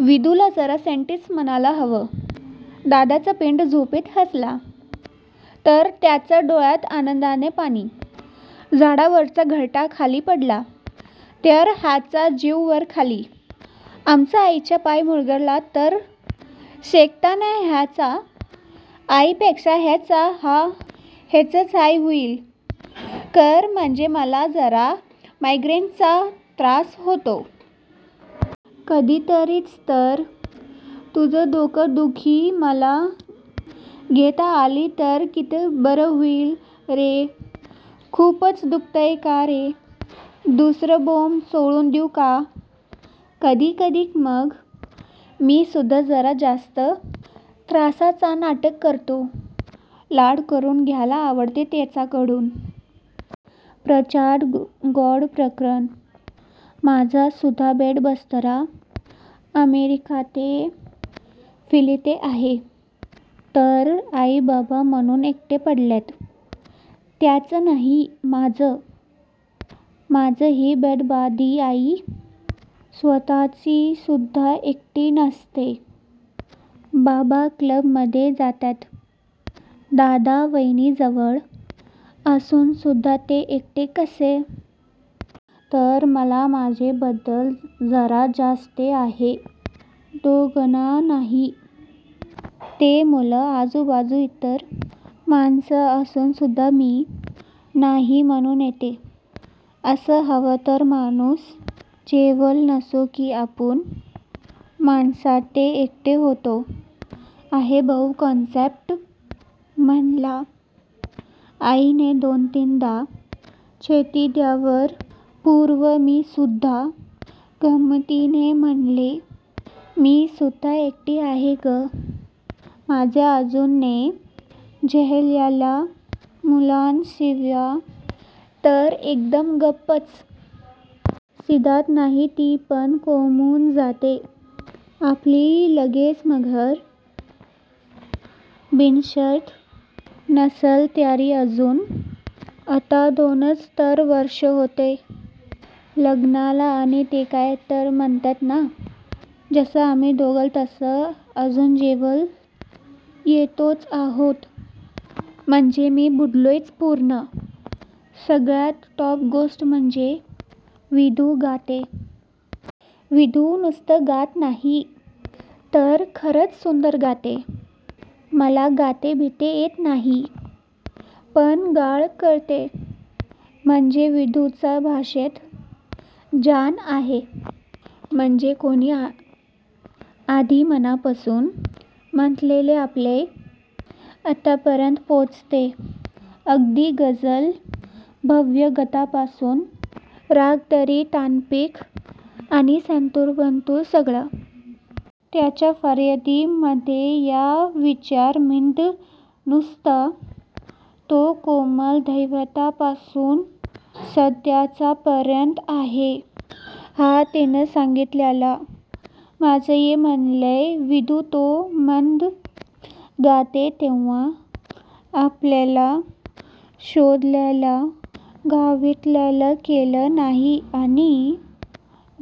विदूला जरा सेंटीच म्हणायला हवं. दादाचा पुंडू झोपेत हसला तर हिच्या डोळ्यात आनन्दाने पाणी, झाडावरचं घरटं खाली पडलं तर हीचा जीव वर खाली, आमच्या आईचा पाय मुरगळला तर, शेकताना आईपेक्षा हिचंच हाई-हुई. कहर म्हणजे, मला जरा मायग्रेन चा त्रास होतो. कधीतरीच तर, तुझी डोकेदुखी मला घेता आली तर किती बरं होईल, रे, खूपच दुखतय कारे? दुसरा बाम चोळून देऊ का? कधी-कधी मग मीसुद्धा जरा जास्तच त्रासाचं नाटक करतो, लाड करून घ्यायला आवडतं तिच्याकडून. प्रच्चंड गोड प्रकरण. माझा सध्या बाड-बिस्तरा अमेरिकेत फिलीत आहे. तर म्हणे आई-बाबा एकटे पडलेत! तिचे नाही, माझे! माझी बडबडी आई स्वत:शी सुद्धा एकटी नसते. बाबा क्लबमध्ये जातात. दादा, वैनी जवळ असुनसुद्धा ते एकटे कसे? तर म्हणे माझ्याबद्दल जरा जास्तं आहे दोघांनाही. त्यामुळे आजूबाजूला इतर माणसं असूनसुद्धा 'मी' नाही म्हणून 'एकटे'. असं हवं ते माणूस जवळ नसलो की आपण माणसातही एकटे होतो. आहे बुवा कन्सेप्ट, म्हटलं! आईने दोन-तिनदा छेडल्यावर, परवा मी सुद्धा गमतीने म्हटलं 'मी सुद्धा एकटा आहे गं माझ्या अजून न झालेल्या मुलांशिवाय' तर एकदम गप्पच. चिडत नाही ती, पण कोमाऊन जाते. आपली लगेच माघार, बिनशर्त! नसेल तयारी अजून. आत्ता दोनच तर वर्षं होतायत लग्नाला आणि ते काय म्हणतात न,. तसे आम्ही दोघं तसे अजून जवळ येतोच आहोत. म्हणजे मी बुडलोय पूर्णच, सगळ्यात टॉप गोष्ट म्हणजे विदू "गाते"! विदू नुसती गात नाही, तर खरच सुंदर गाते. मला गाता-बिता येत नाही. पण गाणं कळतं. म्हणजे विदूच्या भाषेत, "जाण आहे". म्हणजे कुणी अगदी मनापासून म्हटलेलं आपल्या आतपर्यंत पोचतं. अगदी गझल, भावगीतापासून, रागदारी तानफेक आणि संतूर-बिंतूर, सगळं. तिच्या फरियादी मधल्या या वरचा मिंड, नुसतं. 'तो कोमल धैवतापासून षड्जापर्यंत आहे' हे तिने सांगितलेलं. माझ्यामते, विदू तो मिंड घेते तेव्हा, आपल्याला सोडलेलं धैवताला कळत नाही आणि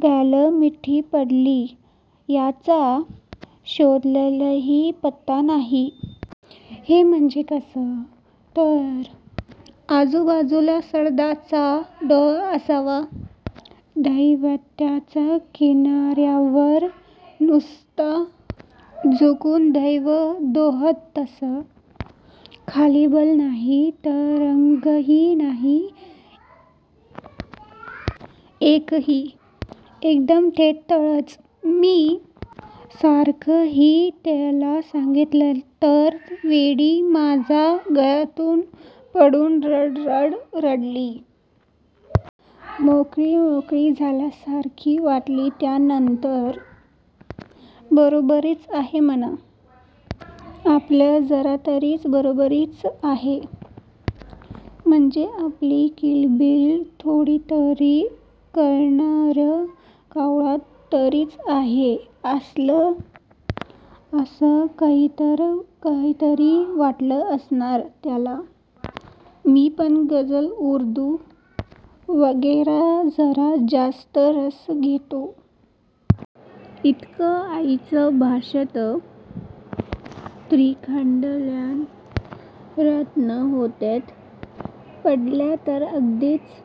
गळा मिठी पडली याचा षड्जालाही पत्ता नाही. हे म्हणजे कसं? तर, आजूबाजूला षडजाचा डोह असावा, धैवताच्या किनार्यावरून नुसतं झोकून द्यावं डोहात तसं. खळबळ नाही, तरंगही नाही, एकही! एकदम थेट तळंच. मी मॅडसारखं हे तिला सांगितलं तर वेडी माझ्या गळ्यात पडून रड-रड रडली. मोकळी मोकळी झाल्यासारखी वाटली त्यानंतर. बरोबरच आहे म्हणा, आपल्या जरातरी बरोबरीचा आहे, म्हणजे आपली किलबिल थोडीतरी कळणारा कावळा तरी आहेच, असं काहीतरी वाटलं असणार तिला. मी पण गझल, उर्दू वगैरेत जरा जास्तं रस घेतो. इतकं आईच्या भाषेतलं त्रिखंडातलं रत्नं हातात पडलय तर अगदीच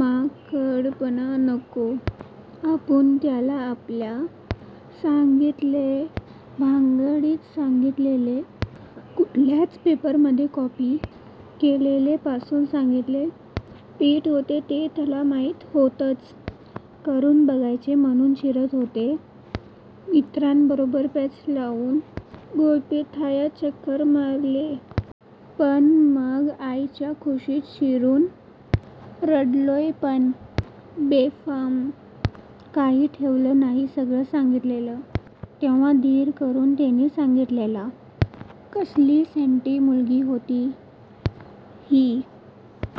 माकडपणा नको. आपण तिला आपल्या सगळ्या भानगडी सांगितल्या.... कुठच्या पेपर मध्ये कॉपी केलीये पासून सगळं. पीत होतो हे तिला माहीत होतंच, करून बघायचं म्हणून चिरूट ओढलाय, मित्रांबरोबर पैज लावून गोलपिठ्यात चक्कर मारलीये.. पण मग आईच्या कुशीत शिरून रडलोय पण बेफाम.... काही ठेवलं नाही सगळं सांगितलं. तेव्हा धीर करून तिनेही सांगितल. कसली सेंटी मुलगी होती ही--